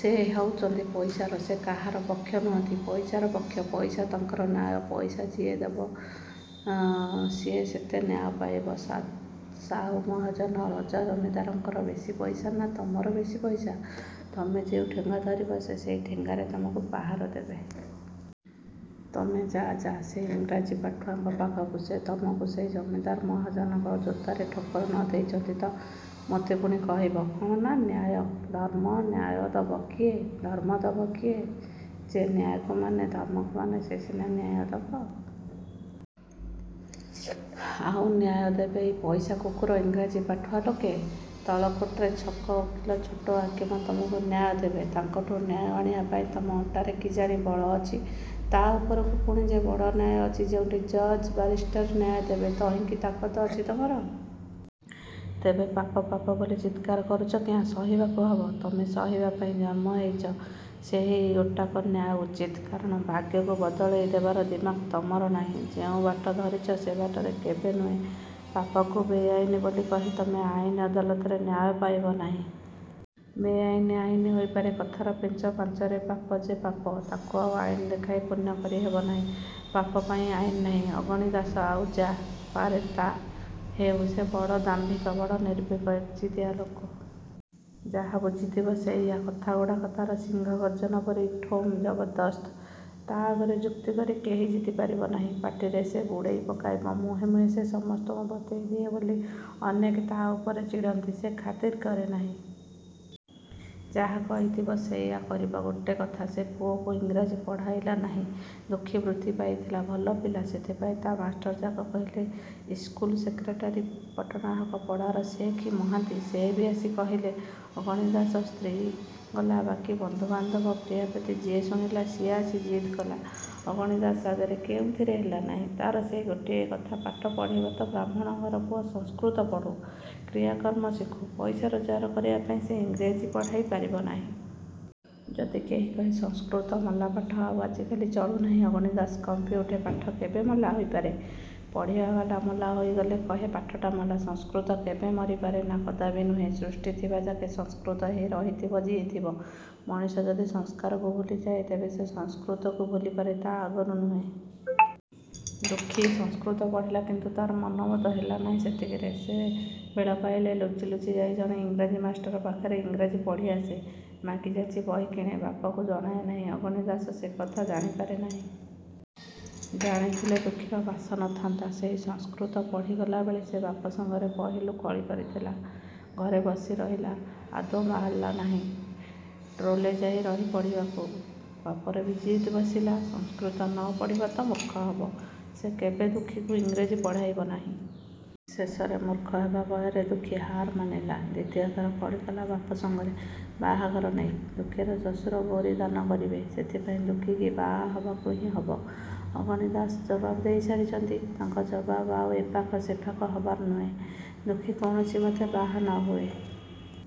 ସେ ହଉଚନ୍ତି ପଇସାର। ସେ କାହାର ପକ୍ଷ ନୁହନ୍ତି ପଇସାର ପକ୍ଷ। ପଇସା ତାଙ୍କର ନ୍ୟାୟ। ପଇସା ଯିଏ ଯେତେଦବ ସିଏ ସେତେ ନ୍ୟାୟ ପାଇବ। ସା ସାହୁ ମହାଜନ, ରଜା ଜମିଦାରଙ୍କର ବେଶି ପଇସା ନା ତମର ବେଶି ପଇସା? ତମେ ଯେଉଁ ଠେଙ୍ଗା ଧରିବ ସେ ସେଇ ଠେଙ୍ଗାରେ ତମକୁ ପାହାର ଦେବେ। ତମେ। ଯା–ଯା ସେଇ ଇଂରେଜୀ ପାଠୁଆଙ୍କ ପାଖକୁ। ସେ ତମକୁ ସେଇ ଜମିଦାର ମହାଜନଙ୍କ ଜୋତାରେ ଠୋକର ନ ଦେଇଚନ୍ତି ତ ମୋତେ ପୁଣି କହିବ। କ'ଣ ନା–ନ୍ୟାୟ, ଧର୍ମ। ନ୍ୟାୟ ଦବ କିଏ? ଧର୍ମ ଦବ କିଏ? ଯେ ନ୍ୟାୟକୁ ମାନେ, ଧର୍ମକୁ ମାନେ, ସେ ସିନା ନ୍ୟାୟ ଦବ। ଆଉ ନ୍ୟାୟ ଦେବେ ଏଇ ପଇସା କୁକୁର ଇଂରାଜୀ ପାଠୁଆ ଲୋକେ? ତଳ କୋଟ୍ରେ ଛୋଟ ଓକିଲ ଛୋଟ ହାକିମ ତମକୁ ନ୍ୟାୟ ଦେବେ। ତାଙ୍କଠୁ ନ୍ୟାୟ ଆଣିବାପାଇଁ ତମ ଅଣ୍ଟାରେ କିଜାଣି ବଳ ଅଛି। ତା' ଉପରକୁ ପୁଣି ଯେ ବଡ଼ ନ୍ୟାୟ ଅଛି ଯେଉଁଠି ଜଜ୍ ବାରିଷ୍ଟର ନ୍ୟାୟ ଦେବେ–ତହିଁକି ତାକତ ଅଛି ତମର? ତେବେ ପାପ ପାପ ବୋଲି ଚିତ୍କାର କରୁଚ କିଆଁ? ସହିବାକୁ ହବ। ତମେ ସହିବାପାଇଁ ଜନ୍ମ ହେଇଚ। ସେଇ ଗୋଟାକ ନ୍ୟାୟ–ଉଚିତ। କାରଣ ଭାଗ୍ୟକୁ ବଦଳେଇ ଦେବାର ଦିମାକ ତମର ନାହିଁ। ଯେଉଁ ବାଟ ଧରିଚ ସେ ବାଟରେ କେଭେ ନୁହେଁ। ପାପକୁ ବେଆଇନ୍ ବୋଲି କହି ତମେ ଆଇନ ଅଦାଲତରେ ନ୍ୟାୟ ପାଇବ ନାହିଁ। ବେଆଇନ୍ ଆଇନ ହୋଇପାରେ କଥାର ପେଞ୍ଚ ପାଞ୍ଚରେ ପାପ ଯେ ପାପ। ତାକୁ ଆଉ ଆଇନ ଦେଖାଇ ପୁଣ୍ୟ କରି ହେବ ନାହିଁ। ପାପପାଇଁ ଆଇନ ନାହିଁ। '' ଅଗଣି ଦାଶ ଆଉ ଯା' ପାରେ ତା' ହେଉ ସେ ବଡ଼ ଦାମ୍ଭିକ ବଡ଼ ନିର୍ଭୀକ। ଏକଜିଦିଆ ଲୋକ। ଯାହା ବୁଝିଥିବ ସେଇୟା। କଥାଗୁଡ଼ାକ ତା'ର ସିଂହ ଗର୍ଜନ ପରି ଠୋମ୍–ଜବରଦସ୍ତ। ତା' ଆଗରେ ଯୁକ୍ତି କରି କେହି ଜିତି ପାରିବ ନାହିଁ। ପାଟିରେ ସେ ବୁଡ଼େଇ ପକାଇବ-। ମୁହେଁ ମୁହେଁ ସେ ସମସ୍ତଙ୍କୁ ବତେଇ ଦିଏ ବୋଲି ଅନେକେ ତା' ଉପରେ ଚିଡ଼ନ୍ତି। ସେ ଖାତିର କରେ ନାହିଁ। ଯାହା କହିଥିବ ସେଇୟା କରିବ। ଗୋଟେ କଥା। ସେ ପୁଅକୁ ଇଂରାଜୀ ପଢ଼ାଇଲା ନାହିଁ। ଦୁଃଖୀ ବୃତ୍ତି ପାଇଥିଲା–ଭଲ ପିଲା–ସେଥିପାଇଁ ତା' ମାଷ୍ଟରଯାକ କହିଲେ, ଇସ୍କୁଲ ସେକ୍ରେଟେରୀ ପଟ୍ଟନାହାକ ପଡ଼ାର ସେ କି ମହାନ୍ତି, ସେ ବି ଆସି କହିଲେ, ଅଗଣି ଦାଶ ସ୍ତ୍ରୀ, ଗଲା ବାକି ବନ୍ଧୁବାନ୍ଧବ ପ୍ରିୟାପ୍ରୀତି ଯିଏ ଶୁଣିଲା ସିଏ ଆସି ଜିଦ୍ କଲା ଅଗଣି ଦାଶ ଆଗରେ–କେଉଁଥିରେ ହେଲା ନାହିଁ, ତା'ର ସେଇ ଗୋଟିଏ କଥା ପାଠ ପଢ଼ିବ ତ ବାହ୍ମଣ ଘର ପୁଅ ସଂସ୍କୃତ ପଢ଼ୁ–କ୍ରିୟାକର୍ମ ଶିଖୁ–ପଇସା ରୋଜଗାର କରିବାପାଇଁ ସେ ଇଂରେଜୀ ପଢ଼ାଇ ପାରିବ ନାହିଁ। ଯଦି କେହି କହେ–'ସଂସ୍କୃତ ମଲା ପାଠ–ଆଉ ଆଜିକାଲି ଚଳୁ ନାହିଁ' ଅଗଣି ଦାଶ କମ୍ପି ଉଠେ–ପାଠ କେବେ ମଲା ହୋଇପାରେ–ପଢ଼ିବାବାଲା ମଲା ହୋଇଗଲେ କହେ ପାଠଟା ମଲା। ସଂସ୍କୃତ କେବେ ମରି ପାରେନା–କଦାପି ନୁହେଁ। ସୃଷ୍ଟିଥିବା ଯାକେ ସଂସ୍କୃତ ହେଇ ରହିଥିବ–ଜିଇଥିବ। ମଣିଷ ଯଦି ସଂସ୍କାରକୁ ଭୁଲି ଯାଏଁ, ତେବେ ସେ ସଂସ୍କୃତକୁ ଭୁଲିପାରେ–ତା' ଆଗରୁ ନୁହେଁ। ଦୁଃଖୀ ସଂସ୍କୃତ ପଢ଼ିଲା। କିନ୍ତୁ ତା'ର ମନବୋଧ ହେଲା ନାହିଁ ସେତିକିରେ। ସେ ବେଳପାଇଲେ ଲୁଚି ଲୁଚି ଯାଇ ଜଣେ ଇଂରାଜୀ ମାଷ୍ଟର ପାଖରେ ଇଂରାଜୀ ପଢ଼ି ଆସେ। ମାଗି ଯାଚି ବହି କିଣେ। ବାପକୁ ଜଣାଏ ନାହିଁ। ଅଗଣି ଦାଶ ସେ କଥା ଜାଣିପାରେ ନାହିଁ। ଜାଣିଥିଲେ ଦୁଃଖୀର ବାସ ନ ଥାନ୍ତା। ସେଇ ସଂସ୍କୃତ ପଢ଼ି ଗଲାବେଳେ ସେ ବାପ ସଙ୍ଗରେ ପହିଲୁ କଳି କରିଥିଲା। ଘରେ ବସି ରହିଲା। ଆଦୌ ବାହାରିଲା ନାହିଁ–ଟୋଲ୍ରେ ଯାଇ ରହି ପଢ଼ିବାକୁ। ବାପରବି ଜିଦ୍ ବସିଲା–ସଂସ୍କୃତ ନ ପଢ଼ିବ ତ ମୂର୍ଖ ହବ–ସେ କେଭେ ଦୁଃଖୀକୁ ଇଂରେଜୀ ପଢ଼େଇବ ନାହିଁ। ଶେଷରେ ମୂର୍ଖ ହେବା ଭୟରେ ଦୁଃଖୀ ହାର ମାନିଲା। ଦ୍ୱିତୀୟ ଥର କଳିକଲା ବାପ ସଙ୍ଗରେ ବାହାଘର ନେଇ। ଦୁଃଖୀର ଶ୍ୱଶୁର ଗୌରୀ ଦାନ କରିବେ। ସେଥିପାଇଁ ଦୁଃଖୀକି ବାହା ହବାକୁ ହିଁ ହବ। ଅଗଣି ଦାଶ ଜବାବ ଦେଇ ସାରିଚନ୍ତି-। ତାଙ୍କ ଜବାବ ଆଉ ଏ ପାଖ ସେ ପାଖ ହବାର ନୁହେଁ। ଦୁଃଖୀ କୌଣସିମତେ ବାହା ନ ହୁଏ-।